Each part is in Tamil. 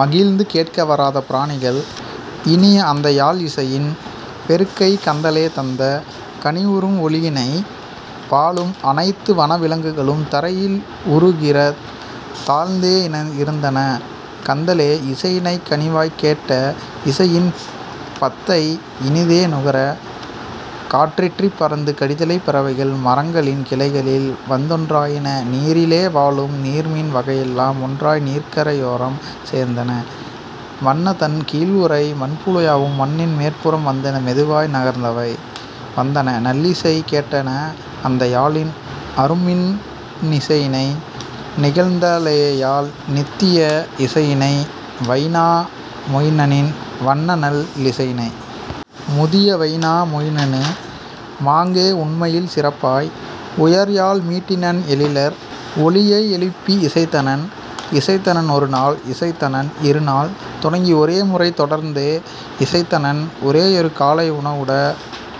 மகிழ்ந்து கேட்க வராத பிராணிகள் இனிய அந்தயாழ் இசையின் பெருக்கை கந்தலே தந்த கனிவுறும் ஒலியினை. வாழும் அனைத்து வனவிலங் குகளும் தரையில் உகிருறத் தாழ்ந்தே இருந்தன கந்தலே இசையினைக் கனிவாய்க் கேட்க இசையின் பத்தை இனிதே நுகர; காற்றிற் பறந்து கடிதலை பறவைகள் மரங்களின் கிளைகளில் வந்தொன் றாயின நீரிலே வாழும் நீர்மீன் வகையெலாம் ஒன்றாய் நீர்க்கரை யோரம் சேர்ந்தன மண்ணதன் கீழ்உறை மண்புழு யாவும் மண்ணின் மேற்புறம் வந்தன மெதுவாய் நகர்ந்தவை வந்தன நல்லிசை கேட்டன அந்த யாழின் அரும்மின் னிசையினை நிகழ்கந் தலேயாழ் நித்திய இசையினை வைனா மொயினனின் வண்ணநல் லிசையினை. முதிய வையினா மொயினனு மாங்கே உண்மையில் சிறப்பாய் உயர்யாழ் மீட்டினன் எழிலார் ஒலியை எழுப்பி இசைத்தனன்; இசைத்தனன் ஒருநாள் இசைத்தனன் இருநாள் தொடங்கி ஒரேமுறை தொடர்ந்தே இசைத்தனன் ஒரேயொரு காலை உணவுட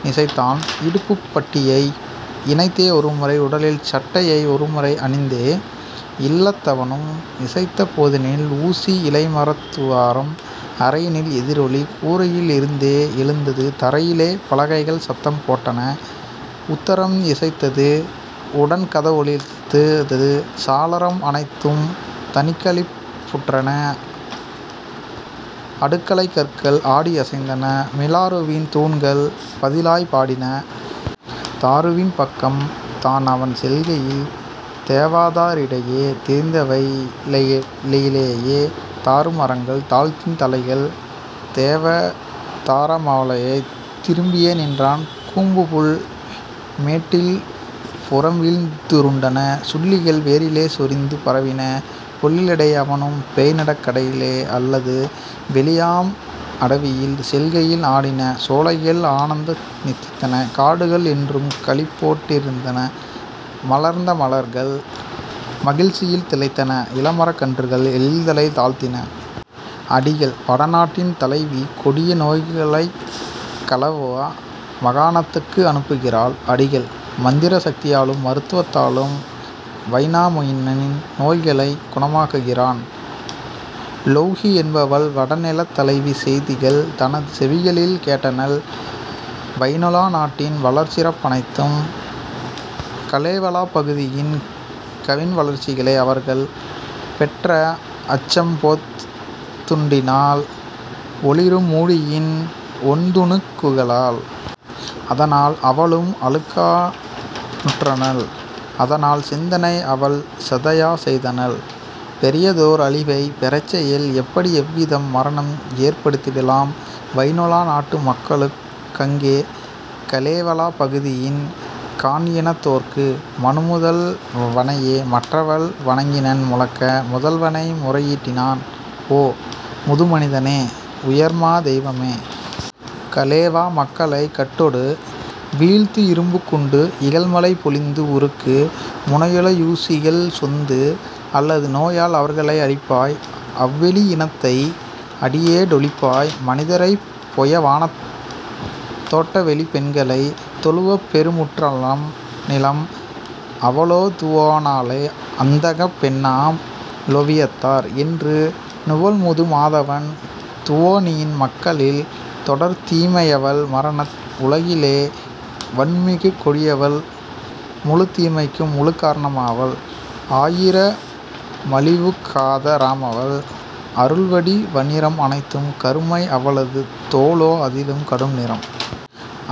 னிசைத்தனன் இடுப்புப் பட்டியை இணைத்தே ஒருமுறை உடலில் சட்டையை ஒருமுறை அணிந்தே. இல்லத் தவனும் இசைத்த போதினில் ஊசி யிலைமரத் துருவாம் அறையினில் எதிரொலி கூரையில் இருந்தே எழுந்தது தரையிலே பலகைகள் சத்தம் போட்டன உத்தரம் இசைத்தது உடன்கத வொலித்தது சாளரம் அனைத்தும் தனிக்களிப் புற்றன அடுக்களைக் கற்கள் ஆடி யசைந்தன மிலாறுவின் தூண்கள் பதிலாய்ப் பாடின. தாருவின் பக்கம் தான்அவன் செல்கையில் தேவதா ரிடை யே திரிந்தவே ளையிலே தாரு மரங்கள் தாழ்த்தின தலைகள் தேவதா ரவைமலைத் திரும்பியே நின்றன கூம்புபுல் மேட்டில் புறம்வீழ்ந் துருண்டன சுள்ளிகள் வேரிலே சொரிந்து பரவின பொழிலிடை அவனும் போய்நடக் கையிலே அல்லது வெளியாம் அடவியில் செல்கையில் ஆடின சோலைகள் ஆனந் தித்தன காடுகள் என்றும் களிப்போ டிருந்தன மலர்ந்த மலர்கள் மகிழ்ச்சியில் திளைத்தன இளமரக் கன்றுகள் எழில்தலை தாழ்த்தின. அடிகள்: வட நாட்டின் தலைவி கொடிய நோய்களைக் கலேவா மாகாணத்துக்கு அனுப்புகிறாள். அடிகள்: மந்திர சக்தியாலும் மருத்துவத்தாலும் வைனாமொயினன் நோய்களைக் குணமாக்குகிறான். லொவ்ஹி என்பவள் வடநிலத் தலைவி செய்திகள் தனது செவிகளில் கேட்டனள் வைனொலா நாட்டின் வளர்சிறப் பனைத்தும் கலேவலாப் பகுதியின் கவின்வளர்ச் சிகளை அவர்கள் பெற்றஅச் சம்போத் துண்டினால் ஒளிரும் மூடியின் ஒண்துணுக் குகளால். அதனால் அவளும் அழுக்கா றுற்றனள் அதனைச் சிந்தனை அவள்சதா செய்தனள் பொயதோர் அழிவைப் பெறச்செயல் எப்படி எவ்விதம் மரணம் ஏற்படுத் திடலாம் வைனொலா நாட்டு மக்களுக் கங்கே கலேவலாப் பகுதியின் காண்இனத் தோர்க்கு. மனுமுதல் வனையே மற்றவள் வணங்கினள் முழக்க முதல்வனை முறையீ டிட்டனள்: "ஓ, முது மனிதனே, உயர்மா தெய்வமே! கலேவா மக்களைக் கட்டொடு வீழ்த்து இரும்புக் குண்டு இகல்மழை பொழிந்து உருக்கு முனையுள ஊசிகள் சொந்து அல்லது நோயால் அவர்களை அழிப்பாய் அவ்வெளி இனத்தை அடியோ டொழிப்பாய் மனிதரைப் பொய வனத்தோட் டவெளி பெண்களைத் தொழுவப் பெருமுற் றநிலம்! " அவளோ துவோனலா அந்தகப் பெண்ணாம் லொவியத்தார் என்று நுவல்முது மாதவள் துவோனியின் மக்களில் தொடர்தீ மையவள் மரணத் உலகிலே வன்மிகுக் கொடியவள் முழுத் தீமைக்கும் முழுக்கா ரணமவள் ஆயிர மழிவுக் காதா ரமவள்; அவள்வடி வநிறம் அனைத்தும் கருமை அவளது தோலோ அதிலும் கடும்நிறம்.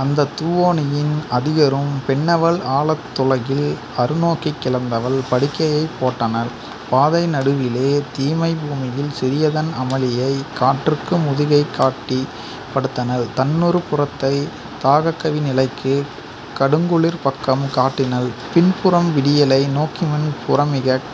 அந்தத் துவோனியின் அதிகரும் பெண்ணவள் ஆழத் துலகில் அருநோக் கிழந்தவள் படுக்கையைப் போட்டனள் பாதை நடுவிலே தீமைப் பூமியில் சிறியதன் அமளியை; காற்றுக்கு முதுகைக் காட்டிப் படுத்தனள் தன்னொரு புறத்தை தகாக்கவி நிலைக்கு கடுங்குளிர்ப் பக்கம் காட்டினள் பின்புறம் விடியலை நோக்கிமுன் புறமிகக்